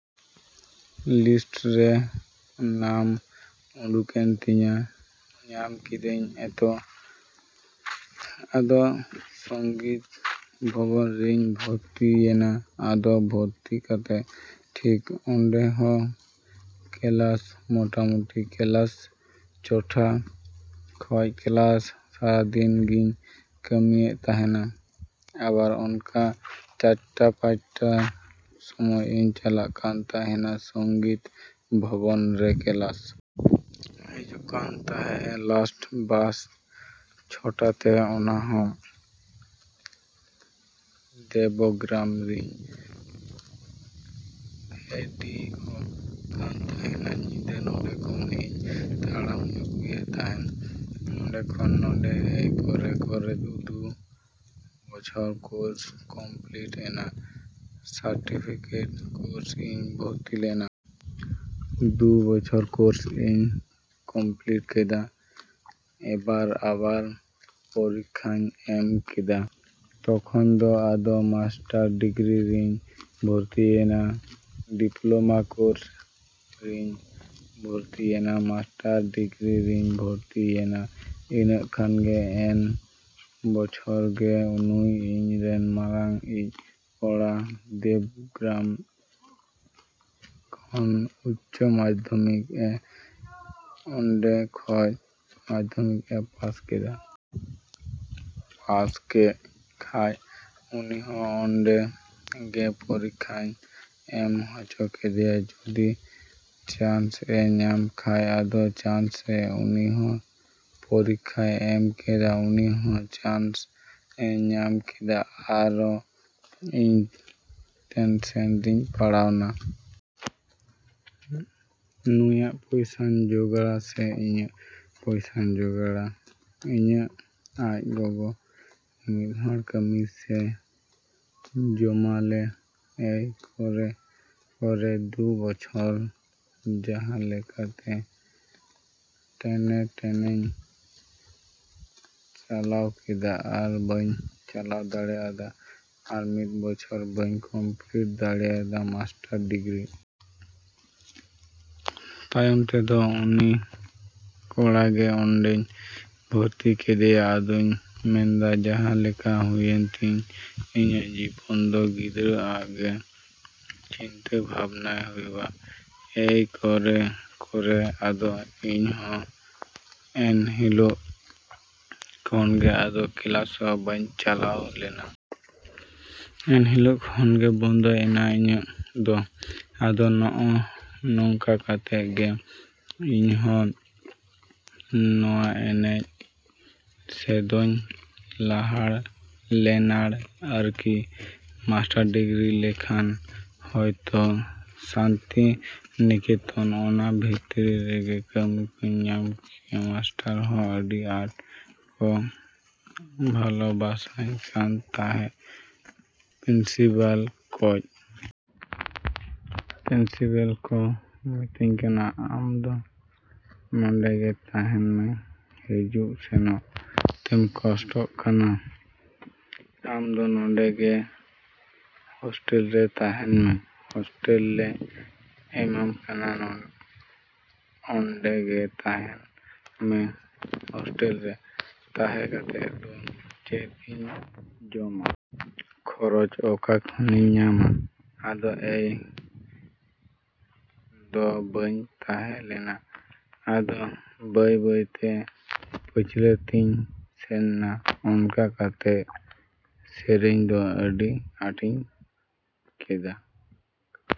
List ᱨᱮ ᱱᱟᱢ ᱩᱰᱩᱠᱮᱱ ᱛᱤᱧᱟ᱾ ᱧᱟᱢ ᱠᱮᱫᱟᱧ ᱮᱛᱚ᱾ ᱟᱫᱚ ᱥᱚᱝᱜᱤᱛ ᱵᱷᱚᱵᱚᱱ ᱨᱤᱧ ᱵᱷᱚᱨᱛᱤ ᱭᱮᱱᱟ᱾ ᱟᱫᱚ ᱵᱷᱚᱨᱛᱤ ᱠᱟᱛᱮᱜ ᱴᱷᱤᱠ ᱚᱱᱰᱮ ᱦᱚᱸ ᱠᱮᱞᱟᱥ ᱢᱳᱴᱟᱢᱩᱴᱤ ᱠᱮᱞᱟᱥ ᱪᱷᱚᱴᱟ ᱠᱷᱚᱡ ᱠᱮᱞᱟᱥ᱾ ᱥᱟᱨᱟᱫᱤᱱ ᱜᱤᱧ ᱠᱟᱹᱢᱤᱭᱮᱜ ᱛᱟᱸᱦᱮᱱᱟ᱾ ᱟᱵᱟᱨ ᱚᱱᱠᱟ ᱪᱟᱹᱨᱴᱟ ᱯᱟᱸᱪᱴᱟ ᱥᱚᱢᱚᱭ ᱤᱧ ᱪᱟᱞᱟᱜ ᱠᱟᱱ ᱛᱟᱸᱦᱮᱱᱟ ᱥᱚᱝᱜᱤᱛ ᱵᱷᱚᱵᱚᱱᱨᱮ ᱠᱮᱞᱟᱥ᱾ ᱦᱤᱡᱩᱜ ᱠᱟᱱ ᱛᱟᱸᱦᱮᱜ-ᱮ ᱞᱟᱥᱴ ᱵᱟᱥ ᱪᱷᱚᱴᱟ ᱛᱮ᱾ ᱚᱱᱟᱦᱚᱸ ᱫᱮᱵᱚᱜᱨᱟᱢ ᱨᱤᱧ ᱯᱷᱮᱰᱤᱚᱜ ᱠᱟᱱ ᱛᱟᱸᱦᱮᱱᱟ᱾ ᱧᱤᱫᱟᱹ ᱱᱚᱰᱮ ᱠᱷᱚᱱ ᱤᱧ ᱛᱟᱲᱟᱢ ᱟᱹᱜᱩᱭᱮᱜ ᱛᱟᱸᱦᱮᱱ᱾ ᱱᱚᱰᱮ ᱠᱷᱚᱱ ᱱᱚᱰᱮ ᱮᱭ ᱠᱚᱨᱮ ᱠᱚᱨᱮ ᱫᱩ ᱵᱚᱪᱷᱚᱨ ᱠᱳᱨᱥ ᱠᱚᱢᱯᱤᱞᱤᱴ ᱮᱱᱟ᱾ ᱥᱟᱨᱴᱤᱯᱷᱤᱠᱮᱴ ᱠᱳᱨᱥ ᱨᱤᱧ ᱵᱷᱚᱨᱛᱤ ᱞᱮᱱᱟ᱾ ᱫᱩ ᱵᱚᱪᱷᱚᱨ ᱠᱳᱨᱥ ᱤᱧ ᱠᱳᱢᱯᱤᱞᱤᱴ ᱠᱮᱫᱟ᱾ ᱮᱵᱟᱨ ᱟᱵᱟᱨ ᱯᱚᱨᱤᱠᱠᱷᱟᱧ ᱮᱢ ᱠᱮᱫᱟ᱾ ᱛᱚᱠᱷᱚᱱ ᱫᱚ ᱟᱫᱚ ᱢᱟᱥᱴᱟᱨ ᱰᱤᱜᱽᱨᱤ ᱨᱤᱧ ᱵᱷᱚᱨᱛᱤᱭᱮᱱᱟ᱾ ᱰᱤᱯᱞᱳᱢᱟ ᱠᱳᱨᱥ ᱨᱤᱧ ᱵᱷᱚᱨᱛᱤᱭᱮᱱᱟ᱾ ᱢᱟᱥᱴᱟᱨ ᱰᱤᱜᱽᱨᱤ ᱨᱤᱧ ᱵᱷᱚᱨᱛᱤ ᱭᱮᱱᱟ᱾ ᱤᱱᱟᱹᱜ ᱠᱷᱟᱱᱜᱮ ᱮᱱ ᱵᱚᱪᱷᱚᱨᱜᱮ ᱱᱩᱭ ᱤᱧ ᱨᱮᱱ ᱢᱟᱨᱟᱝ ᱤᱪ ᱠᱚᱲᱟ ᱫᱮᱵᱜᱨᱟᱢ ᱠᱷᱚᱱ ᱩᱪᱪᱚ ᱢᱟᱫᱽᱫᱷᱚᱢᱤᱠ ᱮ, ᱚᱱᱰᱮ ᱠᱷᱚᱡ ᱢᱟᱫᱽᱫᱷᱚᱢᱤᱠ ᱮ ᱯᱟᱥ ᱠᱮᱫᱟ᱾ ᱯᱟᱥ ᱠᱮᱜ ᱠᱷᱟᱡ ᱩᱱᱤᱦᱚᱸ ᱚᱱᱰᱮ ᱜᱮ ᱯᱚᱨᱤᱠᱠᱷᱟᱧ ᱮᱢ ᱦᱚᱪᱚ ᱠᱮᱫᱮᱭᱟ ᱡᱚᱫᱤ ᱪᱟᱱᱥ ᱮ ᱧᱟᱢ ᱠᱷᱟᱡ᱾ ᱟᱫᱚ ᱪᱟᱱᱥᱮ ᱩᱱᱤ ᱦᱚᱸ ᱯᱚᱨᱤᱠᱠᱷᱟᱭ ᱮᱢ ᱠᱮᱫᱟ᱾ ᱩᱱᱤ ᱦᱚᱸ ᱪᱟᱱᱥ ᱮ ᱧᱟᱢ ᱠᱮᱫᱟ᱾ ᱟᱨᱚ ᱤᱧ ᱴᱮᱱᱥᱮᱱ ᱨᱤᱧ ᱯᱟᱲᱟᱣᱱᱟ᱾ ᱱᱩᱭᱟᱜ ᱯᱚᱭᱥᱟᱧ ᱡᱚᱜᱟᱲᱟ ᱥᱮ ᱤᱧᱟᱹᱜ ᱯᱚᱭᱥᱟᱧ ᱡᱚᱜᱟᱲᱟ? ᱤᱧᱟᱹᱜ ᱟᱡ ᱜᱚᱜᱚ ᱢᱤᱢᱤᱫ ᱦᱚᱲ ᱠᱟᱹᱢᱤ ᱥᱮ ᱡᱚᱢᱟᱞᱮ᱾ ᱮᱭ ᱠᱚᱨᱮ ᱠᱚᱨᱮ ᱫᱩ ᱵᱚᱪᱷᱚᱨ ᱡᱟᱸᱦᱟ ᱞᱮᱠᱟᱛᱮ ᱴᱮᱱᱮ ᱴᱩᱱᱮᱧ ᱪᱟᱞᱟᱣ ᱠᱮᱫᱟ ᱟᱨ ᱵᱟᱹᱧ ᱪᱟᱞᱟᱣ ᱫᱟᱲᱮ ᱟᱫᱟ᱾ ᱟᱨ ᱢᱤᱫ ᱵᱚᱪᱷᱚᱨ ᱵᱟᱹᱧ ᱠᱚᱢᱯᱤᱞᱤᱴ ᱫᱟᱲᱮᱭᱟᱫᱟ ᱢᱟᱥᱴᱟᱨ ᱰᱤᱜᱽᱨᱤ᱾ ᱛᱟᱭᱚᱢ ᱛᱮᱫᱚ ᱩᱱᱤ ᱠᱚᱲᱟᱜᱮ ᱚᱱᱰᱮᱧ ᱵᱷᱚᱨᱛᱤ ᱠᱮᱫᱮᱭᱟ᱾ ᱟᱫᱚᱧ ᱢᱮᱱᱫᱟ, ᱡᱟᱸᱦᱟ ᱞᱮᱠᱟ ᱦᱩᱭᱮᱱᱛᱤᱧ ᱤᱧᱟᱹᱜ ᱡᱤᱵᱚᱱ ᱫᱚ, ᱜᱤᱫᱽᱨᱟᱹ ᱟᱜ ᱜᱮ ᱪᱤᱱᱛᱟ ᱵᱷᱟᱵᱽᱱᱟᱭ ᱦᱩᱭᱩᱜ-ᱟ᱾ ᱮᱭ ᱠᱚᱨᱮ ᱠᱚᱨᱮ ᱟᱫᱚ ᱤᱧᱦᱚᱸ ᱮᱱᱦᱤᱞᱳᱜ ᱠᱷᱚᱱᱜᱮ ᱟᱫᱚ ᱠᱮᱞᱟᱥ ᱦᱚᱸ ᱵᱟᱹᱧ ᱪᱟᱞᱟᱣ ᱞᱮᱱᱟ᱾ ᱮᱱᱦᱤᱞᱳᱜ ᱠᱷᱚᱱᱜᱮ ᱵᱚᱱᱫᱚᱭ ᱮᱱᱟ ᱤᱧᱟᱹᱜ ᱫᱚ᱾ ᱟᱫᱚ ᱱᱚᱜ ᱚ ᱱᱚᱝᱠᱟ ᱠᱟᱛᱮᱜ ᱜᱮ ᱤᱧᱦᱚᱸ ᱱᱚᱣᱟ ᱮᱱᱮᱡ ᱥᱮᱫᱚᱧ ᱞᱟᱦᱟᱲ ᱞᱮᱱᱟᱲ ᱟᱨᱠᱤ᱾ ᱢᱟᱥᱴᱟᱨ ᱰᱤᱜᱽᱨᱤ ᱞᱮᱠᱷᱟᱱ ᱦᱳᱭᱛᱳ ᱥᱟᱱᱛᱤᱱᱤᱠᱮᱛᱚᱱ ᱚᱱᱟ ᱵᱷᱤᱛᱨᱤ ᱨᱮᱜᱮ ᱠᱟᱹᱢᱤ ᱠᱚᱧ ᱧᱟᱢ ᱠᱮᱭᱟ᱾ ᱢᱟᱥᱴᱟᱨ ᱦᱚᱸ ᱟᱹᱰᱤ ᱟᱸᱴ ᱠᱚ ᱵᱷᱟᱞᱳᱵᱟᱥᱟᱧ ᱠᱟᱱ ᱛᱟᱸᱦᱮᱜ ᱯᱨᱤᱱᱥᱤᱯᱟᱞ ᱠᱚᱡ᱾ ᱯᱨᱤᱱᱥᱤᱯᱟᱞ ᱠᱚ ᱢᱤᱛᱟᱹᱧ ᱠᱟᱱᱟ, ᱟᱢ ᱫᱚ ᱱᱚᱰᱮᱜᱮ ᱛᱟᱸᱦᱮᱱ ᱢᱮ᱾ ᱦᱤᱡᱩᱜ ᱥᱮᱱᱚᱜ ᱛᱮᱢ ᱠᱚᱥᱴᱚᱜ ᱠᱟᱱᱟ᱾ ᱟᱢ ᱫᱚ ᱱᱚᱰᱮ ᱜᱮ ᱦᱚᱥᱴᱮᱞ ᱨᱮ ᱛᱟᱸᱦᱮᱱ ᱢᱮ᱾ ᱦᱚᱥᱴᱮᱞᱞᱮ ᱮᱢᱟᱢ ᱠᱟᱱᱟ᱾ ᱚᱱᱰᱮ ᱜᱮ ᱛᱟᱸᱦᱮᱱ ᱢᱮ᱾ᱦᱚᱥᱴᱮᱞᱨᱮ ᱛᱟᱸᱦᱮ ᱠᱟᱛᱮᱜ ᱫᱚ ᱪᱮᱫ ᱤᱧ ᱡᱚᱢᱟ? ᱠᱷᱚᱨᱚᱪ ᱚᱠᱟ ᱠᱷᱚᱱᱤᱧ ᱧᱟᱢᱟ? ᱟᱫᱚ ᱮᱭ ᱫᱚ ᱵᱟᱹᱧ ᱛᱟᱸᱦᱮ ᱞᱮᱱᱟ᱾ ᱟᱫᱚ ᱵᱟᱹᱭ ᱵᱟᱹᱭᱛᱮ ᱯᱟᱹᱪᱷᱞᱟᱹ ᱛᱮᱧ ᱥᱮᱱᱱᱟ᱾ ᱚᱱᱠᱟ ᱠᱟᱛᱮᱜ ᱥᱮᱨᱮᱧ ᱫᱚ ᱟᱹᱰᱤ ᱟᱸᱴᱤᱧ ᱠᱟᱫᱟ᱾